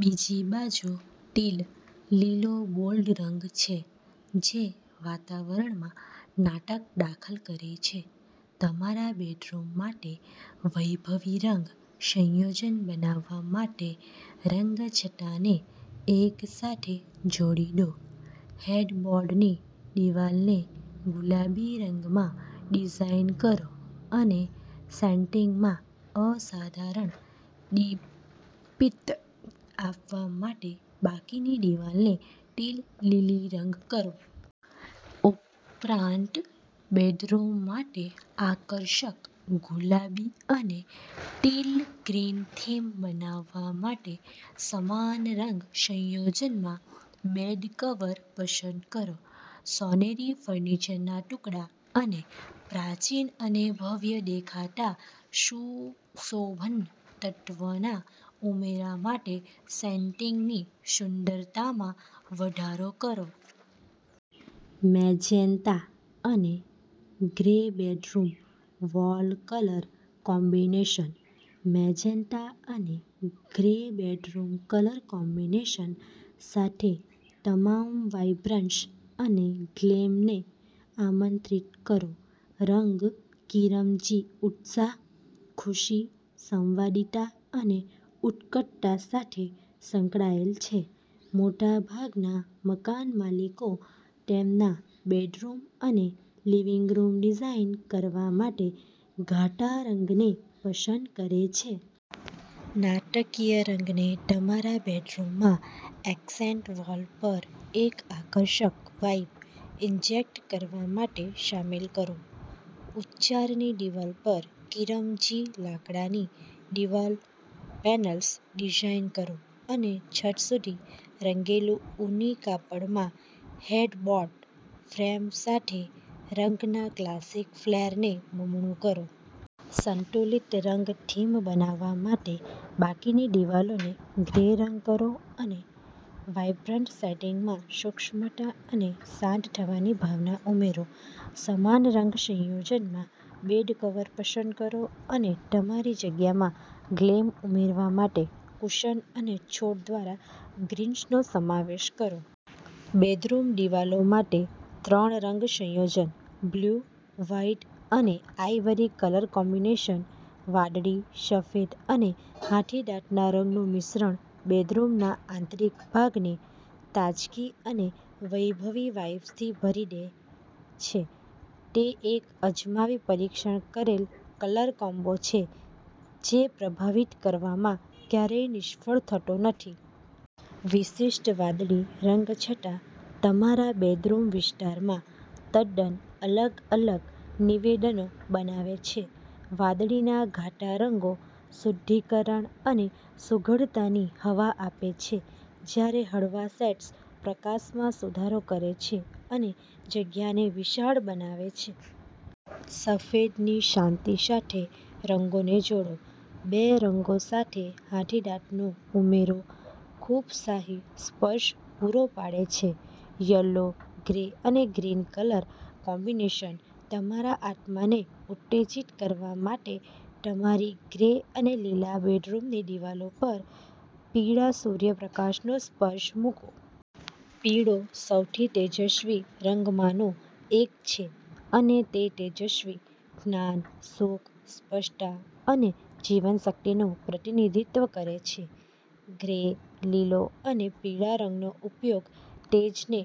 બીજી બાજુ, ટીલ લીલો બોલ્ડ રંગ છે જે વાતાવરણમાં નાટક દાખલ કરે છે. તમારા બેડરૂમ માટે વૈભવી રંગ સંયોજન બનાવવા માટે રંગછટાને એકસાથે જોડી દો. હેડબોર્ડની દિવાલને ગુલાબી રંગમાં ડિઝાઇન કરો અને સેટિંગમાં અસાધારણ દીપિત આપવા માટે બાકીની દિવાલને ટીલ લીલી રંગ કરો. ઉપરાંત, બેડરૂમ માટે આકર્ષક ગુલાબી અને ટીલ ગ્રીન થીમ બનાવવા માટે સમાન રંગ સંયોજનમાં બેડ કવર પસંદ કરો. સોનેરી ફર્નિચરના ટુકડા અને પ્રાચીન અને ભવ્ય દેખાતા સુશોભન તત્વોના ઉમેરા માટે સેટિંગની સુંદરતામાં વધારો કરો. મેજેન્ટા અને grey bedroom wall colour combination. Magenta અને ગ્રે બેડરૂમ કલર કોમ્બિનેશન સાથે તમામ વાઇબ્રન્સ અને ગ્લેમને આમંત્રિત કરો રંગ "કિરમજી" ઉત્સાહ, ખુશી, સંવાદિતા અને ઉત્કટતા સાથે સંકળાયેલ છે. મોટાભાગના મકાનમાલિકો તેમના બેડરૂમ અને લિવિંગ રૂમ ડિઝાઇન કરવા માટે ઘાટા રંગને પસંદ કરે છે. નાટકીય રંગને તમારા બેડરૂમમાં એક્સેન્ટ વોલ પર એક આકર્ષક વાઇબ ઇન્જેક્ટ કરવા માટે સામેલ કરો. ઉચ્ચારની દિવાલ પર કિરમજી લાકડાની દિવાલ પેનલ્સ ડિઝાઇન કરો અને છત સુધી રંગેલું ઊની કાપડમાં હેડબોર્ડ ફ્રેમ સાથે રંગના ક્લાસિક ફ્લેરને બમણું કરો. સંતુલિત રંગ થીમ બનાવવા માટે બાકીની દિવાલોને ગ્રે રંગ કરો અને વાઇબ્રન્ટ સેટિંગમાં સૂક્ષ્મતા અને શાંત થવાની ભાવના ઉમેરો. સમાન રંગ સંયોજનમાં બેડકવર પસંદ કરો અને તમારી જગ્યામાં ગ્લેમ ઉમેરવા માટે કુશન અને છોડ દ્વારા ગ્રીન્સનો સમાવેશ કરો. બેડરૂમ દિવાલો માટે ત્રણ રંગ સંયોજન બ્લુ, વ્હાઇટ અને આઇવરી કલર કોમ્બિનેશન વાદળી, સફેદ અને હાથીદાંતના રંગનું મિશ્રણ બેડરૂમના આંતરિક ભાગને તાજગી અને વૈભવી વાઇબ્સથી ભરી દે છે તે એક અજમાવી-પરીક્ષણ કરેલ કલર કોમ્બો છે જે પ્રભાવિત કરવામાં ક્યારેય નિષ્ફળ થતો નથી! વિશિષ્ટ વાદળી રંગછટા તમારા બેડરૂમ વિસ્તારમાં તદ્દન અલગ અલગ નિવેદનો બનાવે છે. વાદળીના ઘાટા રંગો શુદ્ધિકરણ અને સુઘડતાની હવા આપે છે, જ્યારે હળવા શેડ્સ પ્રકાશમાં સુધારો કરે છે અને જગ્યાને વિશાળ બનાવે છે. સફેદની શાંતિ સાથે રંગોને જોડો. બે રંગો સાથે હાથીદાંતનો ઉમેરો ખૂબશાહી સ્પર્શ પૂરો પાડે છે. યલો, ગ્રે અને ગ્રીન કલર કોમ્બિનેશન તમારા આત્માને ઉત્તેજીત કરવા માટે તમારી ગ્રે અને લીલા બેડરૂમની દિવાલો પર પીળા સૂર્યપ્રકાશનો સ્પર્શ મૂકો. પીળોસૌથી તેજસ્વી રંગોમાંનો એક છે અને તે તેજસ્વી, જ્ઞાન, સુખ, સ્પષ્ટતા અને જીવનશક્તિનું પ્રતિનિધિત્વ કરે છે. ગ્રે, લીલો અને પીળો રંગનો ઉપયોગ તેજને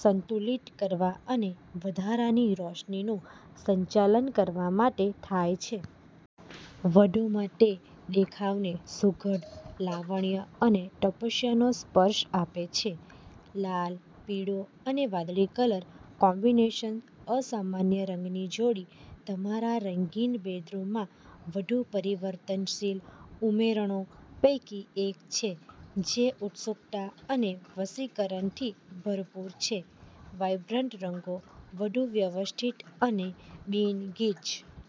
સંતુલિત કરવા અને વધારાની રોશનીનું સંચાલન કરવા માટે થાય છે. વધુમાં, તે દેખાવને સુઘડ લાવણ્ય અને તપસ્યાનો સ્પર્શ આપે છે. લાલ, પીળો અને વાદળી કલર કોમ્બિનેશન અસામાન્ય રંગની જોડી તમારા રંગીન બેડરૂમમાં વધુ પરિવર્તનશીલ ઉમેરણો પૈકી એક છે, જે ઉત્સુકતા અને વશીકરણથી ભરપૂર છે. વાઇબ્રન્ટ રંગો વધુ વ્યવસ્થિત અને બિન-ગીચ